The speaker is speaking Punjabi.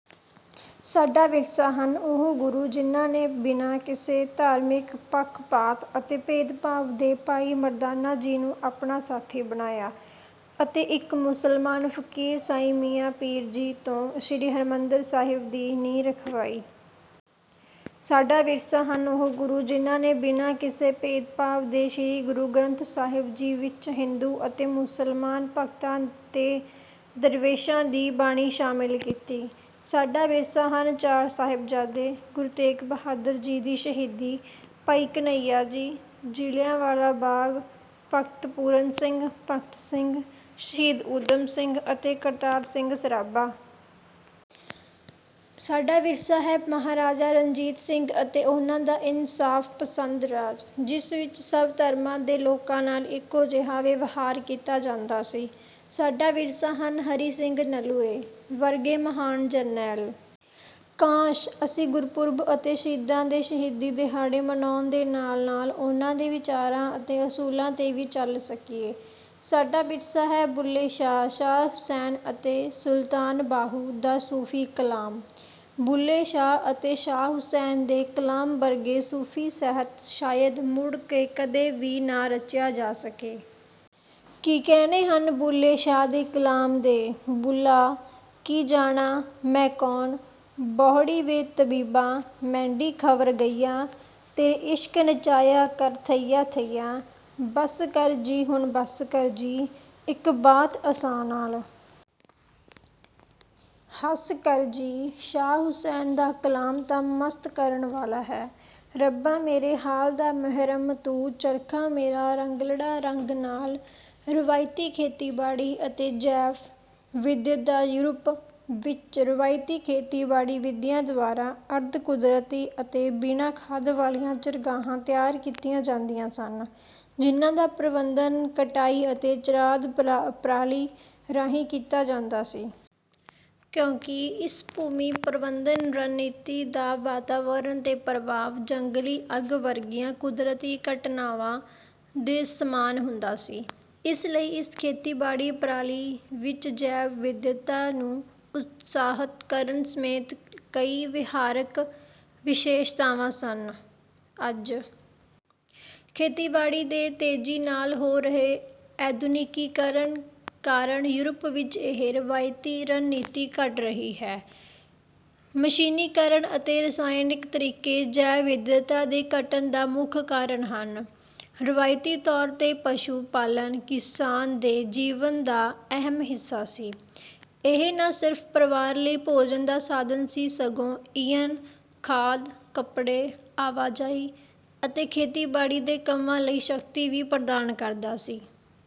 ਸਾਡਾ ਵਿਰਸਾ ਹਨ ਉਹ ਗੁਰੂ, ਜਿਨ੍ਹਾਂ ਨੇ ਬਿਨਾਂ ਕਿਸੇ ਧਾਰਮਿਕ ਪੱਖ-ਪਾਤ ਅਤੇ ਭੇਦ-ਭਾਵ ਦੇ ਭਾਈ ਮਰਦਾਨਾ ਜੀ ਨੂੰ ਆਪਣਾ ਸਾਥੀ ਬਣਾਇਆ ਅਤੇ ਇੱਕ ਮੁਸਲਮਾਨ ਫ਼ਕੀਰ ਸਾਈਂ ਮੀਆਂ ਮੀਰ ਜੀ ਤੋਂ ਸ਼੍ਰੀ ਹਰਿਮੰਦਰ ਸਾਹਿਬ ਦੀ ਨੀਂਹ ਰਖਵਾਈ। ਸਾਡਾ ਵਿਰਸਾ ਹਨ ਉਹ ਗੁਰੂ, ਜਿਨ੍ਹਾਂ ਨੇ ਬਿਨਾਂ ਕਿਸੇ ਭੇਦ-ਭਾਵ ਦੇ ਸ਼੍ਰੀ ਗੁਰੂ ਗ੍ਰੰਥ ਸਾਹਿਬ ਜੀ ਵਿੱਚ ਹਿੰਦੂ ਅਤੇ ਮੁਸਲਮਾਨ ਭਗਤਾਂ ਤੇ ਦਰਵੇਸ਼ਾਂ ਦੀ ਬਾਣੀ ਸ਼ਾਮਲ ਕੀਤੀ। ਸਾਡਾ ਵਿਰਸਾ ਹਨ ਚਾਰ ਸਾਹਿਬਜ਼ਾਦੇ, ਗੁਰੂ ਤੇਗ ਬਹਾਦਰ ਜੀ ਦੀ ਸ਼ਹੀਦੀ, ਭਾਈ ਘਨੱਈਆ ਜੀ, ਜੱਲ੍ਹਿਆਂਵਾਲਾ ਬਾਗ, ਭਗਤ ਪੂਰਨ ਸਿੰਘ, ਭਗਤ ਸਿੰਘ, ਸ਼ਹੀਦ ਊਧਮ ਸਿੰਘ, ਅਤੇ ਕਰਤਾਰ ਸਿੰਘ ਸਰਾਭਾ। ਸਾਡਾ ਵਿਰਸਾ ਹੈ ਮਹਾਰਾਜਾ ਰਣਜੀਤ ਸਿੰਘ ਅਤੇ ਉਨ੍ਹਾਂ ਦਾ ਇਨਸਾਫ਼-ਪਸੰਦ ਰਾਜ, ਜਿਸ ਵਿੱਚ ਸਭ ਧਰਮਾਂ ਦੇ ਲੋਕਾਂ ਨਾਲ ਇੱਕੋ ਜਿਹਾ ਵਿਵਹਾਰ ਕੀਤਾ ਜਾਂਦਾ ਸੀ। ਸਾਡਾ ਵਿਰਸਾ ਹਨ ਹਰੀ ਸਿੰਘ ਨਲੂਏ ਵਰਗੇ ਮਹਾਨ ਜਰਨੈਲ। ਕਾਸ਼! ਅਸੀਂ ਗੁਰਪੁਰਬ ਅਤੇ ਸ਼ਹੀਦਾਂ ਦੇ ਸ਼ਹੀਦੀ ਦਿਹਾੜੇ ਮਨਾਉਣ ਦੇ ਨਾਲ-ਨਾਲ ਉਨ੍ਹਾਂ ਦੇ ਵਿਚਾਰਾਂ ਅਤੇ ਅਸੂਲਾਂ 'ਤੇ ਵੀ ਚੱਲ ਸਕੀਏ। ਸਾਡਾ ਵਿਰਸਾ ਹੈ ਬੁੱਲ੍ਹੇ ਸ਼ਾਹ, ਸ਼ਾਹ ਹੁਸੈਨ, ਅਤੇ ਸੁਲਤਾਨ ਬਾਹੂ ਦਾ ਸੂਫ਼ੀ ਕਲਾਮ। ਬੁੱਲ੍ਹੇ ਸ਼ਾਹ ਅਤੇ ਸ਼ਾਹ ਹੁਸੈਨ ਦੇ ਕਲਾਮ ਵਰਗਾ ਸੂਫ਼ੀ ਸਾਹਿਤ ਸ਼ਾਇਦ ਮੁੜ ਕੇ ਕਦੇ ਵੀ ਨਾ ਰਚਿਆ ਜਾ ਸਕੇ। ਕੀ ਕਹਿਣੇ ਹਨ ਬੁੱਲ੍ਹੇ ਸ਼ਾਹ ਦੇ ਕਲਾਮ ਦੇ"ਬੁੱਲ੍ਹਾ ਕੀ ਜਾਣਾ ਮੈਂ ਕੌਣ""ਬਹੁੜੀਂ ਵੇ ਤਬੀਬਾ ਮੈਂਡੀ ਖਬਰ ਗਈਆ, ਤੇਰੇ ਇਸ਼ਕ ਨਚਾਇਆ ਕਰ ਥਈਆ ਥਈਆ""ਬਸ ਕਰ ਜੀ ਹੁਣ ਬਸ ਕਰ ਜੀ, ਇੱਕ ਬਾਤ ਅਸਾਂ ਨਾਲ ਹੱਸ ਕਰ ਜੀ"ਸ਼ਾਹ ਹੁਸੈਨ ਦਾ ਕਲਾਮ ਤਾਂ ਮਸਤ ਕਰਨ ਵਾਲਾ ਹੈ:"ਰੱਬਾ ਮੇਰੇ ਹਾਲ ਦਾ ਮਹਿਰਮੁ ਤੂੰ""ਚਰਖਾ ਮੇਰਾ ਰੰਗਲੜਾ ਰੰਗ ਲਾਲ" ਰਵਾਇਤੀ ਖੇਤੀਬਾੜੀ ਅਤੇ ਜੈਵ-ਵਿਵਿਧਤਾਯੂਰਪ ਵਿੱਚ ਰਵਾਇਤੀ ਖੇਤੀਬਾੜੀਵਿਧੀਆਂ ਦੁਆਰਾ ਅਰਧ-ਕੁਦਰਤੀ ਅਤੇ ਬਿਨਾਂ ਖਾਦ ਵਾਲੀਆਂ ਚਰਾਗਾਹਾਂ ਤਿਆਰ ਕੀਤੀਆਂ ਜਾਂਦੀਆਂ ਸਨ, ਜਿਨ੍ਹਾਂ ਦਾ ਪ੍ਰਬੰਧਨ ਕਟਾਈ ਅਤੇ ਚਰਾਂਦ ਪ੍ਰਣਾਲੀ ਰਾਹੀਂ ਕੀਤਾ ਜਾਂਦਾ ਸੀ। ਕਿਉਂਕਿ ਇਸ ਭੂਮੀ ਪ੍ਰਬੰਧਨ ਰਣਨੀਤੀ ਦਾ ਵਾਤਾਵਰਣ 'ਤੇ ਪ੍ਰਭਾਵ ਜੰਗਲੀ ਅੱਗ ਵਰਗੀਆਂ ਕੁਦਰਤੀ ਘਟਨਾਵਾਂ ਦੇ ਸਮਾਨ ਹੁੰਦਾ ਸੀ, ਇਸ ਲਈ ਇਸ ਖੇਤੀਬਾੜੀ ਪ੍ਰਣਾਲੀ ਵਿੱਚ ਜੈਵ-ਵਿਵਿਧਤਾ ਨੂੰ ਉਤਸ਼ਾਹਤ ਕਰਨ ਸਮੇਤ ਕਈ ਵਿਹਾਰਕ ਵਿਸ਼ੇਸ਼ਤਾਵਾਂ ਸਨ। ਅੱਜ ਖੇਤੀਬਾੜੀ ਦੇ ਤੇਜ਼ੀ ਨਾਲ ਹੋ ਰਹੇ ਆਧੁਨਿਕੀਕਰਨ ਕਾਰਨ ਯੂਰਪ ਵਿੱਚ ਇਹ ਰਵਾਇਤੀ ਰਣਨੀਤੀ ਘਟ ਰਹੀ ਹੈ। ਮਸ਼ੀਨੀਕਰਨ ਅਤੇ ਰਸਾਇਣਕ ਤਰੀਕੇ ਜੈਵ-ਵਿਵਿਧਤਾ ਦੇ ਘਟਣ ਦਾ ਮੁੱਖ ਕਾਰਨ ਹਨ। ਰਵਾਇਤੀ ਤੌਰ 'ਤੇ, ਪਸ਼ੂ ਪਾਲਣ ਕਿਸਾਨ ਦੇ ਜੀਵਨ ਦਾ ਅਹਿਮ ਹਿੱਸਾ ਸੀ; ਇਹ ਨਾ ਸਿਰਫ਼ ਪਰਿਵਾਰ ਲਈ ਭੋਜਨ ਦਾ ਸਾਧਨ ਸੀ, ਸਗੋਂ ਈਂਧਨ, ਖਾਦ, ਕੱਪੜੇ, ਆਵਾਜਾਈ ਅਤੇ ਖੇਤੀ ਦੇ ਕੰਮਾਂ ਲਈ ਸ਼ਕਤੀ ਵੀ ਪ੍ਰਦਾਨ ਕਰਦਾ ਸੀ।